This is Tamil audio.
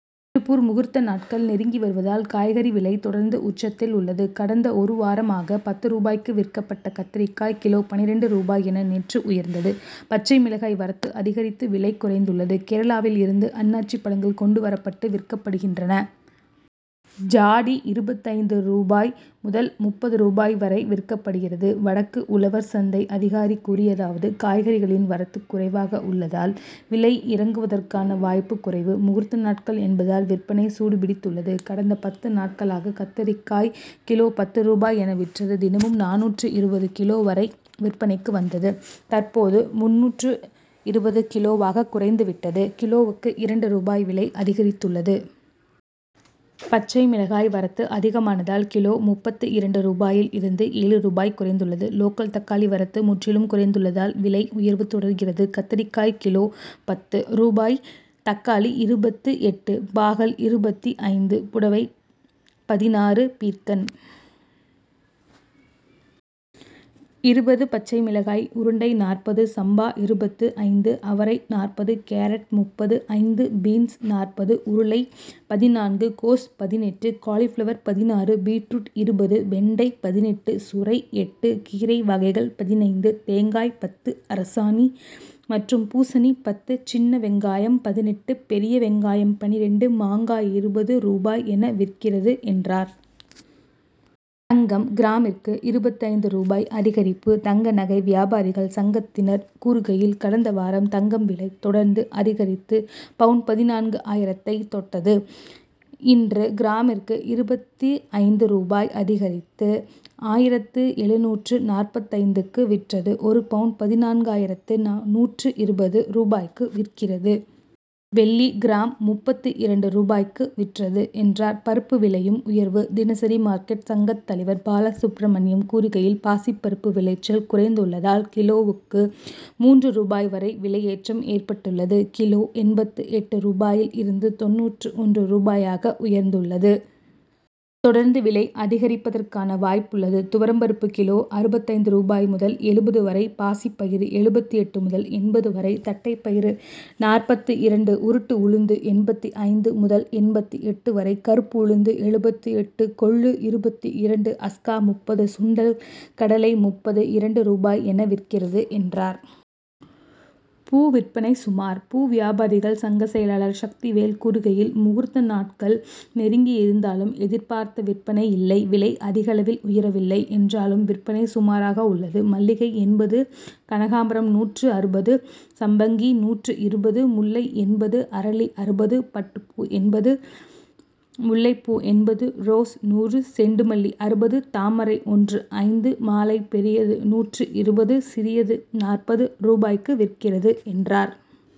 திருப்பூர் முகூர்த்த நாட்கள் நெருங்கி வருவதால், காய்கறி விலை தொடர்ந்து உச்சத்தில் உள்ளது. கடந்த ஒரு வாரமாக, பத்து ரூபாய்க்கு விற்கப்பட்ட கத்தரிக்காய், கிலோ பன்னிரண்டு ரூபாய் என நேற்று உயர்ந்தது. பச்சை மிளகாய் வரத்து அதிகரித்து விலை குறைந்துள்ளது. கேரளாவில் இருந்து அன்னாச்சி பழங்கள் கொண்டு வரப்பட்டு விற்கப்படுகின்றன. ஜாடி இருபத்து ஐந்து ரூபாய் முதல் முப்பது ரூபாய் வரை விற்கப்படுகிறது. வடக்கு உலவர் சந்தை அதிகாரி கூறியதாவது காய்கறிகளின் வரத்து குறைவாக உள்ளதால், விலை இறங்குவதற்கான வாய்ப்பு குறைவு. முகூர்த்த நாட்கள் என்பதால், விற்பனை சூடுபிடித்துள்ளது. கடந்த பத்து நாட்களாக கத்தரிக்காய் கிலோ பத்து ரூபாய் என விற்றது தினமும் நானூற்று இருபது கிலோ வரை விற்பனைக்கு வந்தது தற்போது முன்னூற்று இருபது கிலோவாக குறைந்து விட்டது கிலோவுக்கு இரண்டு ரூபாய் விலை அதிகரித்துள்ளது. பச்சை மிளகாய் வரத்து அதிகமானதால், கிலோ முப்பத்து இரண்டு ரூபாயில் இருந்து ஏழு ரூபாய் குறைந்துள்ளது. லோக்கல் தக்காளி வரத்து முற்றிலும் குறைந்துள்ளதால், விலை உயர்வு தொடர்கிறது. கத்தரிக்காய் கிலோ பத்து ரூபாய் தக்காளி இருபத்து எட்டு பாகல் இருபத்து ஐந்து புடலை பதினாறு பீர்க்கன் இருபது பச்சை மிளகாய் உருண்டை நாற்பது, சம்பா இருபத்து ஐந்து அவரை நாற்பது கேரட் முப்பத்து ஐந்து பீன்ஸ் நாற்பது உருளை பதினான்கு கோஸ் பதினெட்டு காலிபிளவர் பதினாறு பீட்ரூட் இருபது வெண்டை பதினெட்டு சுரை எட்டு கீரை வகைகள் பதினைந்து தேங்காய் பத்து அரசாணி மற்றும் பூசணி பத்து சின்ன வெங்காயம் பதினெட்டு பெரிய வெங்காயம் பன்னிரண்டு மாங்காய் இருபது ரூபாய் என விற்கிறது, என்றார். தங்கம் கிராமிற்கு இருபத்து ஐந்து ரூபாய் அதிகரிப்பு தங்க நகை வியாபாரிகள் சங்கத்தினர் கூறுகையில், கடந்த வாரம் தங்கம் விலை தொடர்ந்து அதிகரித்து, பவுன் பதினான்கு ஆயிரத்தை தொட்டது. இன்று கிராமிற்கு இருபத்து ஐந்து ரூபாய் அதிகரித்து, ஆயிரத்து எழுநூற்று நாற்பத்தைந்துக்கு விற்றது. ஒரு பவுன் பதினான்கு ஆயிரத்து நூற்று இருபது ரூபாய்க்கு விற்கிறது. வெள்ளி கிராம் முப்பத்து இரண்டு ரூபாய்க்கு விற்றது, என்றார். பருப்பு விலையும் உயர்வு தினசரி மார்க்கெட் சங்க தலைவர் பாலசுப்ரமணியம் கூறுகையில், பாசி பருப்பு விளைச்சல் குறைந்துள்ளதால், கிலோவுக்கு மூன்று ரூபாய் வரை விலையேற்றம் ஏற்பட்டுள்ளது. கிலோ எண்பத்து எட்டு ரூபாயில் இருந்து தொண்ணூற்று ஒன்று ரூபாயாக உயர்ந்துள்ளது. தொடர்ந்து விலை அதிகரிப்பதற்கான வாய்ப்புள்ளது. துவரம் பருப்பு கிலோ அறுபத்து ஐந்து ரூபாய் முதல் எழுபது வரை பாசி பயிறு எழுபத்து எட்டு முதல் எண்பது வரை தட்டை பயிறு நாற்பத்து இரண்டு உருட்டு உளுந்து எண்பத்து ஐந்து முதல் எண்பத்து எட்டு வரை கருப்பு உளுந்து எழுபத்து எட்டு கொள்ளு இருபத்து இரண்டு அஸ்கா முப்பது சுண்டல் கடலை முப்பத்து இரண்டு ரூபாய் என விற்கிறது, என்றார். பூ விற்பனை சுமார் பூ வியாபாரிகள் சங்க செயலாளர் சக்திவேல் கூறுகையில், முகூர்த்த நாட்கள் நெருங்கி இருந்தாலும், எதிர்பார்த்த விற்பனை இல்லை விலை அதிகளவில் உயரவில்லை என்றாலும், விற்பனை சுமாராக உள்ளது. மல்லிகை எண்பது கனகாம்பரம் நூற்று அறுபது சம்பங்கி நூற்று இருபது முல்லை எண்பது அரளி அறுபது பட்டுப்பூ எண்பது முல்லைப்பூ எண்பது ரோஸ் நூறு செண்டுமல்லி அறுபது தாமரை ஒன்று ஐந்து மாலை பெரியது நூற்று இருபது, சிறியது நாற்பது ரூபாய்க்கு விற்கிறது, என்றார்.